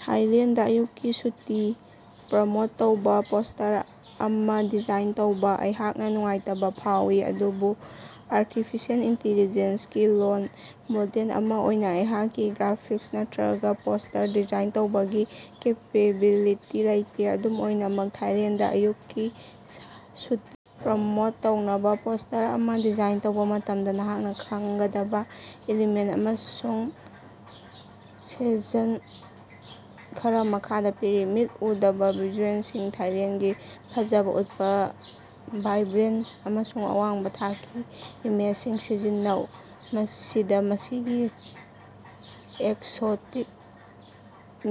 Thailand ꯑꯌꯨꯛꯀꯤ ꯁꯨꯇꯤ promote ꯇꯧꯕ ꯄꯣꯁ꯭ꯇꯔ ꯑꯃ ꯗꯤꯖꯥꯏꯟ ꯇꯧꯕ꯫ ꯑꯩꯍꯥꯛꯅ ꯅꯨꯡꯉꯥꯏꯇꯕ ꯐꯥꯎꯏ, ꯑꯗꯨꯕꯨ ꯑꯥꯔꯇꯤꯐꯤꯁꯤꯑꯦꯜ ꯏꯟꯇꯦꯂꯤꯖꯦꯟꯁ ꯒꯤ ꯂꯣꯜ ꯃꯣꯗꯦꯜ ꯑꯃ ꯑꯣꯏꯅ ꯑꯩꯍꯥꯛꯀꯤ ꯒ꯭ꯔꯥꯐꯤꯛꯁ ꯅꯠꯇꯔꯒ ꯄꯣꯁ꯭ꯇꯔ ꯗꯤꯖꯥꯏꯟ ꯇꯧꯕꯒꯤ ꯀꯦꯄꯦꯕꯤꯂꯤꯇꯤ ꯂꯩꯇꯦ꯫ ꯑꯗꯨꯝ ꯑꯣꯏꯅꯃꯛ, ꯊꯥꯏꯂꯦꯟꯗ ꯑꯌꯨꯛꯀꯤ ꯁꯨꯇꯤ ꯄ꯭ꯔꯃꯣꯠ ꯇꯧꯅꯕ ꯄꯣꯁ꯭ꯇꯔ ꯑꯃ ꯗꯤꯖꯥꯏꯟ ꯇꯧꯕ ꯃꯇꯝꯗ ꯅꯍꯥꯛꯅ ꯈꯪꯒꯗꯕ ꯏꯂꯤꯃꯦꯟꯠ ꯑꯃꯁꯨꯡ ꯁꯖꯦꯁꯟ ꯈꯔ ꯃꯈꯥꯗ ꯄꯤꯔꯤ: ꯃꯤꯠ ꯎꯗꯕ ꯚꯤꯖꯨꯑꯦꯂꯁꯤꯡ: ꯊꯥꯏꯂꯦꯟꯗꯒꯤ ꯐꯖꯕ ꯎꯠꯄ ꯚꯥꯏꯕ꯭ꯔꯦꯟꯠ ꯑꯃꯁꯨꯡ ꯑꯋꯥꯡꯕ ꯊꯥꯛꯀꯤ ꯏꯃꯦꯖꯁꯤꯡ ꯁꯤꯖꯤꯟꯅꯧ꯫ ꯃꯁꯤꯗ ꯃꯁꯤꯒꯤ ꯑꯦꯛꯁꯣꯇꯤꯛ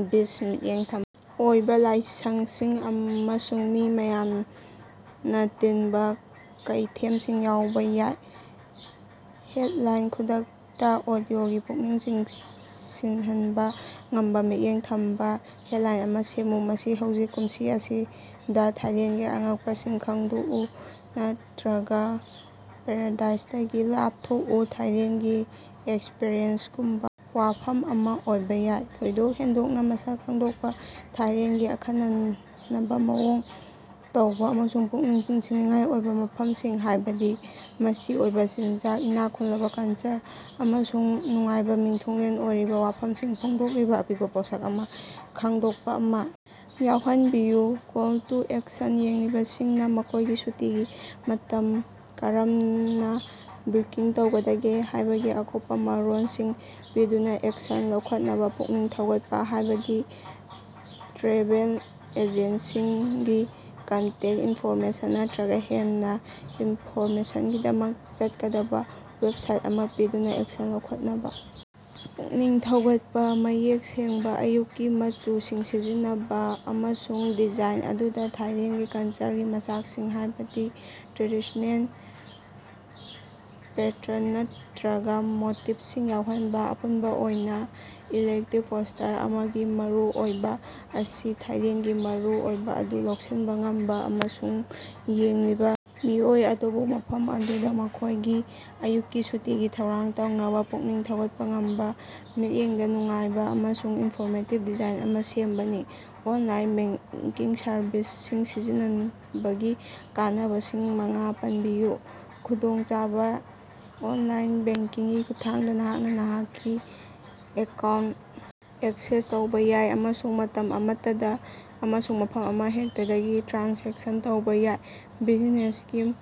ꯕꯤꯆꯁꯤꯡ, ꯃꯤꯠꯌꯦꯡ ꯊꯝ ꯑꯣꯏꯕ ꯂꯥꯏꯁꯪꯁꯤꯡ ꯑꯃꯁꯨꯡ ꯃꯤ ꯌꯥꯝꯅ ꯇꯤꯟꯕ ꯀꯩꯊꯦꯝꯁꯤꯡ ꯌꯥꯎꯕ ꯌꯥꯏ꯫ ꯍꯦꯗꯂꯥꯏꯟ ꯈꯨꯗꯛꯇꯥ ꯑꯣꯗꯤꯑꯣꯒꯤ ꯄꯨꯛꯅꯤꯡ ꯆꯤꯡꯁꯤꯍꯟꯕ ꯉꯝꯕ ꯃꯤꯠꯌꯦꯡ ꯊꯝꯕ ꯍꯦꯗꯂꯥꯏꯟ ꯑꯃꯥ ꯁꯦꯝꯃꯨ꯫ ꯃꯁꯤ ꯍꯧꯖꯤꯛ ꯀꯨꯝꯁꯤ ꯑꯁꯤꯗ ꯊꯥꯏꯂꯦꯟꯗꯒꯤ ꯑꯉꯛꯄꯁꯤꯡ ꯈꯣꯗꯣꯛꯎ ꯅꯠꯇꯔꯒ ꯄꯥꯔꯥꯗꯥꯏꯁꯇꯒꯤ ꯂꯥꯞꯊꯣꯛꯎ ꯊꯥꯏꯂꯦꯟꯒꯤ ꯑꯦꯛꯁꯄꯔꯤꯌꯦꯟꯁ ꯒꯨꯝꯕ ꯋꯥꯐꯝ ꯑꯃ ꯑꯣꯏꯕ ꯌꯥꯏ꯫ ꯊꯣꯏꯗꯣꯛ ꯍꯦꯟꯗꯣꯛꯄ ꯃꯁꯛ ꯈꯪꯗꯣꯛꯄ: ꯊꯥꯏꯂꯦꯟꯗꯒꯤ ꯑꯈꯟꯅꯕꯕꯃꯑꯣꯡ ꯃꯇꯧ ꯑꯃꯁꯨꯡ ꯄꯨꯛꯅꯤꯡ ꯆꯤꯡꯁꯤꯟꯅꯤꯡꯉꯥꯏ ꯑꯣꯏꯕ ꯃꯐꯝꯁꯤꯡ, ꯍꯥꯏꯕꯗꯤ ꯃꯆꯤ ꯑꯣꯏꯕ ꯆꯤꯟꯖꯥꯛ, ꯏꯅꯥꯛ ꯈꯨꯜꯂꯕ ꯀꯜꯆꯔ, ꯑꯃꯁꯨꯡ ꯅꯨꯡꯉꯥꯏꯕ ꯃꯤꯊꯨꯡꯂꯦꯟ ꯑꯣꯏꯕ ꯋꯥꯐꯝꯁꯤꯡ ꯐꯣꯡꯗꯣꯛꯂꯤꯕ ꯑꯄꯤꯛꯄ ꯃꯁꯛ ꯈꯪꯗꯣꯛꯄ ꯑꯃ ꯌꯥꯎꯍꯟꯕꯤꯌꯨ꯫ ꯀꯣꯜ ꯇꯨ ꯑꯦꯛꯁꯟ: ꯌꯦꯡꯂꯤꯕꯁꯤꯡꯅ ꯃꯈꯣꯏꯒꯤ ꯁꯨꯇꯤꯒꯤ ꯃꯇꯝ ꯀꯔꯝꯅ ꯕꯨꯀꯤꯡ ꯇꯧꯒꯗꯒꯦ ꯍꯥꯏꯕꯒꯤ ꯑꯀꯨꯞꯄ ꯃꯔꯣꯜꯁꯤꯡ ꯄꯤꯗꯨꯅ ꯑꯦꯛꯁꯟ ꯂꯧꯈꯠꯅꯕ ꯄꯨꯛꯅꯤꯡ ꯊꯧꯒꯠꯄ, ꯍꯥꯏꯕꯗꯤ ꯇ꯭ꯔꯦꯚꯦꯜ ꯑꯦꯖꯦꯟꯁꯤꯁꯤꯡꯒꯤ ꯀꯟꯇꯦꯛ ꯏꯟꯐꯣꯔꯃꯦꯁꯟ ꯅꯠꯇꯔꯒꯥ ꯍꯦꯟꯅ ꯏꯟꯐꯣꯔꯃꯦꯁꯟꯒꯤꯗꯃꯛꯇ ꯆꯠꯀꯗꯕ ꯋꯦꯕꯁꯥꯏꯠ ꯑꯃꯥ ꯄꯤꯗꯨꯅ ꯑꯦꯛꯁꯟ ꯂꯧꯈꯠꯅꯕ ꯄꯨꯛꯅꯤꯡ ꯊꯧꯒꯠꯄ꯫ ꯃꯌꯦꯛ ꯁꯦꯡꯕ, ꯑꯌꯨꯛꯀꯤ ꯃꯆꯨꯁꯤꯡ ꯁꯤꯖꯤꯟꯅꯕ ꯑꯃꯁꯨꯡ ꯗꯤꯖꯥꯏꯟ ꯑꯗꯨꯗ ꯊꯥꯏꯂꯦꯟꯗꯒꯤ ꯀꯜꯆꯔꯒꯤ ꯃꯆꯥꯛꯁꯤꯡ, ꯍꯥꯏꯕꯗꯤ ꯇ꯭ꯔꯦꯗꯤꯁ꯭ꯅꯦꯜ ꯄꯦꯇꯔꯟ ꯅꯠꯇꯔꯒ ꯃꯣꯇꯤꯐꯁꯤꯡ ꯌꯥꯎꯍꯟꯕ꯫ ꯑꯄꯨꯟꯕ ꯑꯣꯏꯅ, ꯏꯐꯦꯛꯇꯤꯕ ꯄꯣꯁ꯭ꯇꯔ ꯑꯃꯒꯤ ꯃꯔꯨꯑꯣꯏꯕ ꯑꯁꯤ ꯊꯥꯏꯂꯦꯟꯗꯒꯤ ꯃꯔꯨꯑꯣꯏꯕ ꯑꯗꯨ ꯂꯧꯁꯤꯟꯕ ꯉꯝꯕ ꯑꯃꯁꯨꯡ ꯌꯦꯡꯂꯤꯕ ꯃꯤꯑꯣꯏ ꯑꯗꯨꯕꯨ ꯃꯐꯝ ꯑꯗꯨꯗꯥ ꯃꯈꯣꯏꯒꯤ ꯑꯌꯨꯛꯀꯤ ꯁꯨꯇꯤꯒꯤ ꯊꯧꯔꯥꯡ ꯇꯧꯅꯕ ꯄꯨꯛꯅꯤꯡ ꯊꯧꯒꯠꯄ ꯉꯝꯕ ꯃꯤꯠꯌꯦꯡꯗ ꯅꯨꯡꯉꯥꯏꯕ ꯑꯃꯁꯨꯡ ꯏꯟꯐꯣꯔꯃꯦꯇꯤꯕ ꯗꯤꯖꯥꯏꯟ ꯑꯃ ꯁꯦꯝꯕꯅꯤ꯫ ꯑꯣꯟꯂꯥꯏꯟ ꯕꯦꯡꯀꯤꯡ ꯁꯔꯚꯤꯁꯁꯤꯡ ꯁꯤꯖꯤꯟꯅꯕꯒꯤ ꯀꯥꯟꯅꯕꯁꯤꯡ ꯃꯉꯥ ꯄꯟꯕꯤꯌꯨ꯫ ꯈꯨꯗꯣꯡꯆꯥꯕꯥ ꯑꯣꯟꯂꯥꯏꯟ ꯕꯦꯡꯀꯤꯡꯒꯤ ꯈꯨꯠꯊꯥꯡꯗ, ꯅꯍꯥꯛꯅ ꯅꯍꯥꯛꯀꯤ ꯑꯦꯀꯥꯎꯟ ꯑꯦꯛꯁꯦꯁ ꯇꯧꯕ ꯌꯥꯏ ꯑꯃꯁꯨꯡ ꯃꯇꯝ ꯑꯃꯠꯇꯗ ꯑꯃꯁꯨꯡ ꯃꯐꯝ ꯑꯃꯍꯦꯛꯇꯗꯒꯤ ꯇ꯭ꯔꯥꯟꯖꯦꯛꯁꯟ ꯇꯧꯕꯥ ꯌꯥꯏ, ꯕꯤꯖꯤꯅꯦꯁꯀꯤ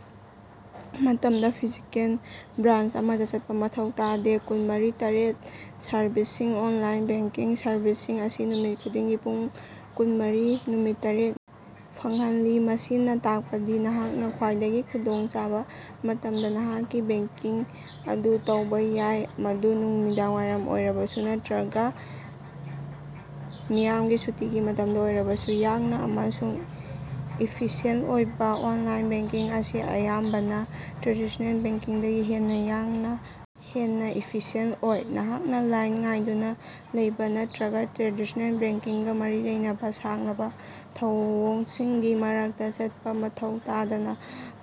ꯃꯇꯃꯗ ꯐꯤꯖꯤꯀꯦꯜ ꯕ꯭ꯔꯥꯟꯆ ꯑꯃꯗ ꯆꯠꯄ ꯃꯊꯧ ꯇꯥꯗꯦ꯫ ꯀꯨꯟꯃꯔꯤ/ꯇꯔꯦꯠ ꯁꯔꯚꯤꯁꯁꯤꯡ: ꯑꯣꯟꯂꯥꯏꯟ ꯕꯦꯡꯀꯤꯡ ꯁꯔꯚꯤꯁꯁꯤꯡ ꯑꯁꯤ ꯅꯨꯃꯤꯠ ꯈꯨꯗꯤꯡꯒꯤ ꯄꯨꯡ ꯀꯨꯟꯃꯔꯤ, ꯅꯨꯃꯤꯠ ꯇꯔꯦꯠ ꯅꯤ ꯐꯪꯍꯜꯂꯤ꯫ ꯃꯁꯤꯅꯥ ꯇꯥꯛꯄꯗꯤ ꯅꯍꯥꯛꯅ ꯈ꯭ꯋꯥꯏꯗꯒꯤ ꯈꯨꯗꯣꯡꯆꯥꯕ ꯃꯇꯝꯗ ꯅꯍꯥꯛꯀꯤ ꯕꯦꯡꯀꯤꯡ ꯑꯗꯨ ꯇꯧꯕ ꯌꯥꯏ, ꯃꯗꯨ ꯅꯨꯃꯤꯗꯥꯡꯋꯥꯏꯔꯝ ꯑꯣꯏꯔꯕꯁꯨ ꯅꯠꯇꯔꯒ ꯃꯤꯌꯥꯝꯒꯤ ꯁꯨꯇꯤꯒꯤ ꯃꯇꯝꯗ ꯑꯣꯏꯔꯕꯁꯨ꯫ ꯌꯥꯡꯅ ꯑꯃꯁꯨꯡ ꯏꯐꯤꯁꯤꯑꯦꯟꯠ ꯑꯣꯏꯕꯥ: ꯑꯣꯟꯂꯥꯏꯟ ꯕꯦꯡꯀꯤꯡ ꯑꯁꯤ ꯑꯌꯥꯝꯕꯅ ꯇ꯭ꯔꯦꯗꯤꯁꯅꯦꯜ ꯕꯦꯡꯀꯤꯡꯗꯒꯤ ꯍꯦꯟꯅ ꯌꯥꯡꯅ ꯍꯦꯟꯅ ꯏꯐꯤꯁꯤꯑꯦꯟꯠ ꯑꯣꯏ꯫ ꯅꯍꯥꯛꯅ ꯂꯥꯏꯟꯗ ꯉꯥꯏꯗꯨꯅ ꯂꯩꯕ ꯅꯠꯇꯔꯒ ꯇ꯭ꯔꯦꯗꯤꯁꯅꯦꯜ ꯕꯦꯡꯀꯤꯡꯒ ꯃꯔꯤ ꯂꯩꯅꯕ ꯁꯥꯡꯂꯕ ꯊꯧꯑꯣꯡꯁꯤꯡꯒꯤ ꯃꯔꯛꯇ ꯆꯠꯄ ꯃꯊꯧ ꯇꯥꯗꯅ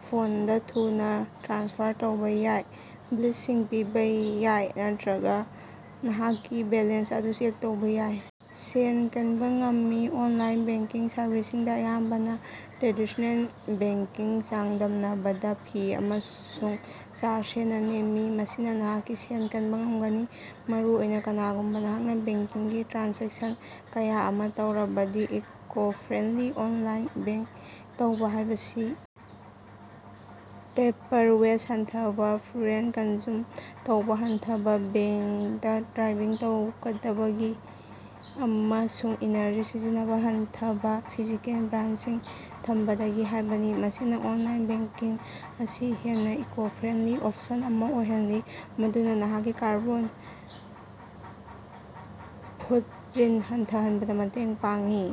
ꯐꯣꯟꯗ ꯊꯨꯅ ꯇ꯭ꯔꯥꯟꯁꯐꯔ ꯇꯧꯕꯥ ꯌꯥꯏ, ꯕꯤꯂꯁꯤꯡ ꯄꯤꯕ ꯌꯥꯏ ꯅꯠꯇꯔꯒ ꯅꯍꯥꯛꯀꯤ ꯕꯦꯂꯦꯟꯁ ꯑꯗꯨ ꯆꯦꯛ ꯇꯧꯕ ꯌꯥꯏ꯫ ꯁꯦꯟ ꯀꯟꯕ ꯉꯝꯃꯤ: ꯑꯣꯟꯂꯥꯏꯟ ꯕꯦꯡꯀꯤꯡ ꯁꯔꯚꯤꯁꯁꯤꯡꯗ ꯑꯌꯥꯝꯕꯅ ꯇ꯭ꯔꯦꯗꯤꯁꯅꯦꯜ ꯕꯦꯡꯀꯤꯡꯒꯥꯂ ꯆꯥꯡꯗꯝꯅꯕꯗ ꯐꯤ ꯑꯃꯁꯨꯡ ꯆꯥꯔꯖ ꯍꯦꯟꯅ ꯅꯦꯝꯃꯤ꯫ ꯃꯁꯤꯅ ꯅꯍꯥꯛꯀꯤ ꯁꯦꯟ ꯀꯟꯕ ꯉꯝꯒꯅꯤ, ꯃꯔꯨꯑꯣꯏꯅ ꯀꯔꯤꯒꯨꯝꯕ ꯅꯍꯥꯛꯅ ꯕꯦꯡꯀꯤꯡꯒꯤ ꯇ꯭ꯔꯥꯟꯖꯦꯛꯁꯟ ꯀꯌ ꯑꯃ ꯇꯧꯔꯕꯗꯤ꯫ ꯏꯀꯣ-ꯐ꯭ꯔꯦꯟꯗꯂꯤ: ꯑꯣꯟꯂꯥꯏꯟꯗꯥ ꯕꯦꯡꯛ ꯇꯧꯕ ꯍꯥꯏꯕꯁꯤ ꯄꯦꯄꯔ ꯋꯦꯁ꯭ꯠ ꯍꯟꯊꯕ, ꯐ꯭ꯌꯨꯑꯦꯜ ꯀꯟꯖꯨꯝ ꯇꯧꯕ ꯍꯟꯊꯕ (ꯕꯦꯡꯀꯇ ꯗ꯭ꯔꯥꯏꯚꯤꯡ ꯇꯧꯕꯗꯒꯤ), ꯑꯃꯁꯨꯡ ꯏꯅꯔꯖꯤ ꯁꯤꯖꯤꯟꯅꯕ ꯍꯟꯊꯕ (ꯐꯤꯖꯤꯀꯦꯜ ꯕ꯭ꯔꯥꯟꯆꯁꯤꯡ ꯊꯝꯕꯗꯒꯤ) ꯍꯥꯏꯕꯅꯤ꯫ ꯃꯁꯤꯅꯥ ꯑꯣꯟꯂꯥꯏꯟ ꯕꯦꯡꯀꯤꯡ ꯑꯁꯤ ꯍꯦꯟꯅ ꯏꯀꯣ-ꯐ꯭ꯔꯦꯟꯗꯂꯤ ꯑꯣꯞꯁꯟ ꯑꯃ ꯑꯣꯏꯍꯜꯂꯤ ꯃꯗꯨꯅ ꯅꯍꯥꯛꯀꯤ ꯀꯥꯔꯕꯣꯟ ꯐꯨꯠꯞꯔꯤꯟꯠ ꯍꯟꯊꯍꯟꯕꯗ ꯃꯇꯦꯡ ꯄꯥꯡꯏ꯫